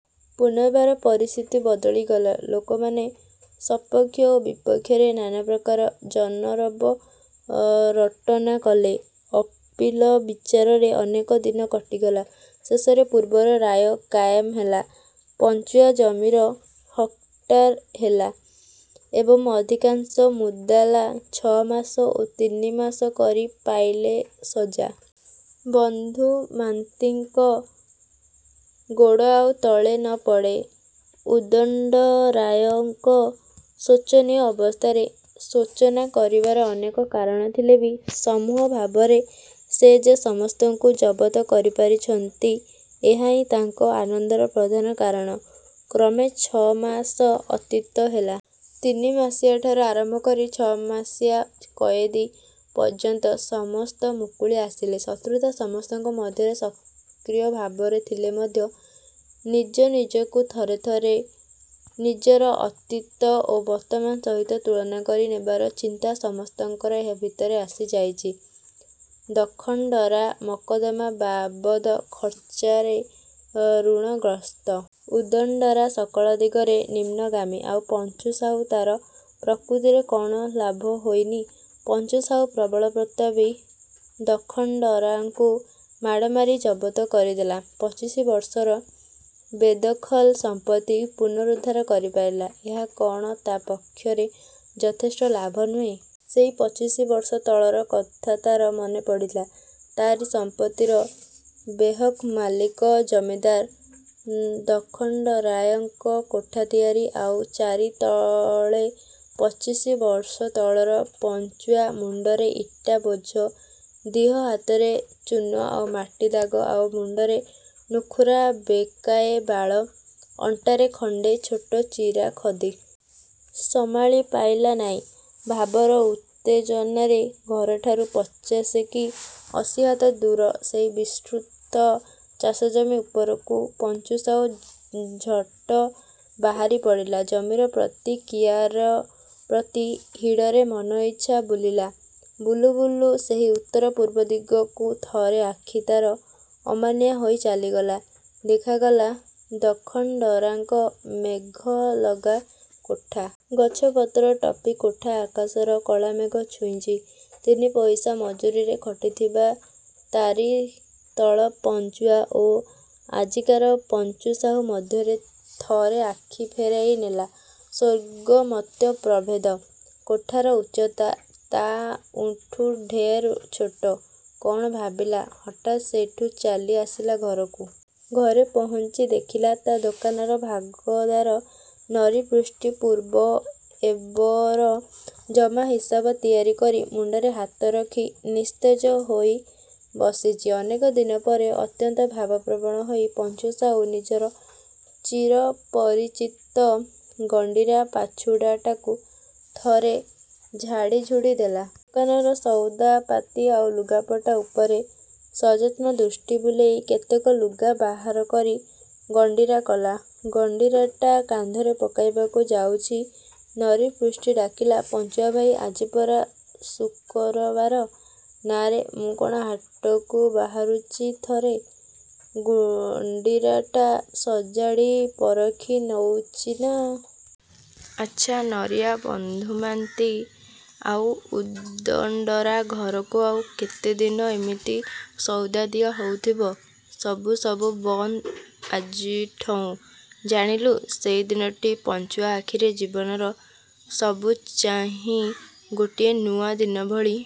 ପୁନର୍ବାର ପରିସ୍ଥିତି ବଦଳିଗଲା। ଲୋକମାନେ ସପକ୍ଷ ଓ ବିପକ୍ଷରେ ନାନାପ୍ରକାର ଜନରବ ରଟନା କଲେ। ଅପୀଲ ବିଚାରରେ ଅନେକ ଦିନ କଟିଗଲା। ଶେଷରେ ପୂର୍ବର ରାୟ କାଏମ ହେଲା। ପଞ୍ଚୁଆ ଜମିର ହକ୍ଦାର ହେଲା ଏବଂ ଅଧିକାଂଶ ମୁଦାଲା ଛ' ମାସ ଓ ତିନିମାସ କରି ପାଇଲେ ସଜା। ବନ୍ଧୁ। ମାନ୍ତିଙ୍କ ଗୋଡ଼ ଆଉ ତଳେ ନ ପଡ଼େ। ଉଦଣ୍ଡରା'ଙ୍କ ଶୋଚନୀୟ ଅବସ୍ଥାରେ ଶୋଚନା କରିବାର ଅନେକ କାରଣ ଥିଲେ ବି ସମୂହ ଭାବରେ ସେ ଯେ ସମସ୍ତଙ୍କୁ ଜବତ୍ କରି ପାରିଛନ୍ତି, ଏହାହିଁ ତାଙ୍କ ଆନନ୍ଦର ପ୍ରଧାନ କାରଣ। କ୍ରମେ ଛମାସ ଅତୀତ ହେଲା। ତିନିମାସିଆଠାରୁ ଆରମ୍ଭ କରି ଛ'ମାସିଆ କୟଦୀ ପର୍ଯ୍ୟନ୍ତ ସମସ୍ତ ମୁକୁଳି ଆସିଲେ। ଶତ୍ରୁତା ସମସ୍ତଙ୍କ ମଧ୍ୟରେ ସକ୍ରିୟ ଭାବରେ ଥିଲେ ମଧ୍ୟ ନିଜନିଜକୁ ଥରେଥରେ ନିଜର ଅତୀତ ଓ ବର୍ତ୍ତମାନ ସହିତ ତୁଳନା କରି ନେବାର ଚିନ୍ତା ସମସ୍ତଙ୍କର ଏହା ଭିତରେ ଆସି ଯାଇଚି। ଦଖଣ୍ଡରା' ମକଦ୍ଦମା ବାବଦ୍ ଖର୍ଚ୍ଚାରେ ଋଣଗ୍ରସ୍ତ। ଉଦଣ୍ଡରା' ସକଳ ଦିଗରେ ନିମ୍ନଗାମୀ। ଆଉ ପଞ୍ଚୁ ସାହୁ, ତାର ପ୍ରକୃତରେ କଣ ଲାଭ ହୋଇନି? ପଞ୍ଚୁ ସାହୁ ପ୍ରବଳ ପ୍ରତାପୀ ଦଖଣ୍ଡରା'ଙ୍କୁ ମାଡ଼ମାରି ଜବତ କରିଦେଲା। ପଚିଶ ବର୍ଷର ବେଦଖଲ ସମ୍ପତ୍ତି ପୁନରୁଦ୍ଧାର କରିପାରିଲା। ଏହା କଣ ତା ପକ୍ଷରେ ଯଥେଷ୍ଟ ଲାଭ ନୁହେଁ? ସେହି ପଚିଶ ବର୍ଷ ତଳର କଥା ତାର ମନେପଡ଼ିଲା। ତାରି ସମ୍ପତ୍ତିର ବେହକ୍ ମାଲିକ ଜମିଦାର ଦଖଣ୍ଡରା'ଙ୍କ କୋଠା ତିଆରି, ଆଉ ତାରି ତଳେ ପଚିଶ ବର୍ଷ ତଳର ପଞ୍ଚୁଆ–ମୁଣ୍ଡରେ ଇଟା ବୋଝ, ଦିହ ହାତରେ ଚୂନ ଆଉ ମାଟି ଦାଗ, ଆଉ ମୁଣ୍ଡରେ ନୁଖୁରା ବେକାଏ ବାଳ, ଅଣ୍ଟାରେ ଖଣ୍ଡେ ଛୋଟ ଚିରା ଖଦୀ। ସମାଳି ପାଇଲା ନାଇଁ, ଭାବର ଉତ୍ତେଜନାରେ ଘରଠାରୁ ପଚାଶ କି ଅଶୀ ହାତ ଦୂର ସେହି ବିସ୍ତୃତ ଚାଷଜମି ଉପରକୁ ପଞ୍ଚୁ ସାହୁ ଝଟ ବାହାରି ପଡ଼ିଲା। ଜମିର ପ୍ରତି କିଆରି ପ୍ରତି ହିଡ଼ରେ ମନ ଇଚ୍ଛା ବୁଲିଲା। ବୁଲୁବୁଲୁ ସେହି ଉତ୍ତର-ପୂର୍ବ ଦିଗକୁ ଥରେ ଆଖି ତାର ଅମାନିଆ ହୋଇ ଚାଲିଗଲା–ଦେଖାଗଲା ଦଖଣ୍ଡରା'ଙ୍କ ମେଘଲଗା କୋଠା। ଗଛ ପତର ଟପି କୋଠା ଆକାଶର କଳାମେଘ ଛୁଉଁଚି। ତିନିପଇସା ମଜୁରିରେ ଖଟିଥିବା ତାରି ତଳ ପଞ୍ଚୁଆ ଓ ଆଜିକାର ପଞ୍ଚୁ ସାହୁ ମଧ୍ୟରେ ଥରେ ଆଖି ଫେରାଇ ନେଲା–ସ୍ଵର୍ଗ, ମର୍ତ୍ତ୍ୟ ପ୍ରଭେଦ। କୋଠାର ଉଚ୍ଚତା ତା ଠଉଁ ଢେର ଛୋଟ। କଣ ଭାବିଲା, ହଠାତ୍ ସେଠୁ ଚାଲି ଆସିଲା ଘରକୁ। ଘରେ ପହଞ୍ଚି ଦେଖିଲା ତା ଦୋକାନର ଭାଗଦାର ନରୀପୃଷ୍ଟି ପୂର୍ବ ଓ ଏବର ଜମା ହିସାବ ତିଆରି କରି ମୁଣ୍ଡରେ ହାତ ରଖି ନିସ୍ତେଜ ହୋଇ ବସିଚି। ଅନେକ ଦିନ ପରେ ଅତ୍ୟନ୍ତ ଭାବପ୍ରବଣ ହୋଇ ପଞ୍ଚୁସାହୁ ନିଜର ଚିରପରିଚିତ ଗଣ୍ଡିରା ପାଛୁଡ଼ାଟାକୁ ଥରେ ଝାଡ଼ିଝୁଡ଼ି ଦେଲା। ଦୋକାନର ସଉଦା ପାତି ଆଉ ଲୁଗାପଟା ଉପରେ ସଯତ୍ନ ଦୃଷ୍ଟି ବୁଲେଇ କେତେକ ଲୁଗା ବାହାର କରି ଗଣ୍ଡିରା କଲା। ଗଣ୍ଡିରାଟା କାନ୍ଧରେ ପକାଇବାକୁ ଯାଉଚି, ନରୀ ପୃଷ୍ଟି ଡାକିଲା–ପଞ୍ଚୁଆ ଭାଇ, ଆଜି ପରା ଶୁକରବାର? –ନାଁରେ, ମୁଁ କଣ ହାଟକୁ ବାହାରୁଚି ଥରେ ଗଣ୍ଡିରାଟା ସଜାଡ଼ି ପରଖି ନଉଚି ନା।... ଆଚ୍ଛା ନରିଆ, ବନ୍ଧୁମା'ନ୍ତି ଆଉ ଉଦଣ୍ଡରା' ଘରକୁ ଆଉ କେତେଦିନ ଏମିତି ସଉଦା ଦିଆ ହଉଥିବ?... ସବୁ–ସବୁ ବନ୍ଦ ଆଜିଠଉଁ–ଜାଣିଲୁ–। ସେଦିନଟି ପଞ୍ଚୁଆ ଆଖିରେ ଜୀବନର ସବୁଚାହିଁ ଗୋଟିଏ ନୂଆ ଦିନଭଳି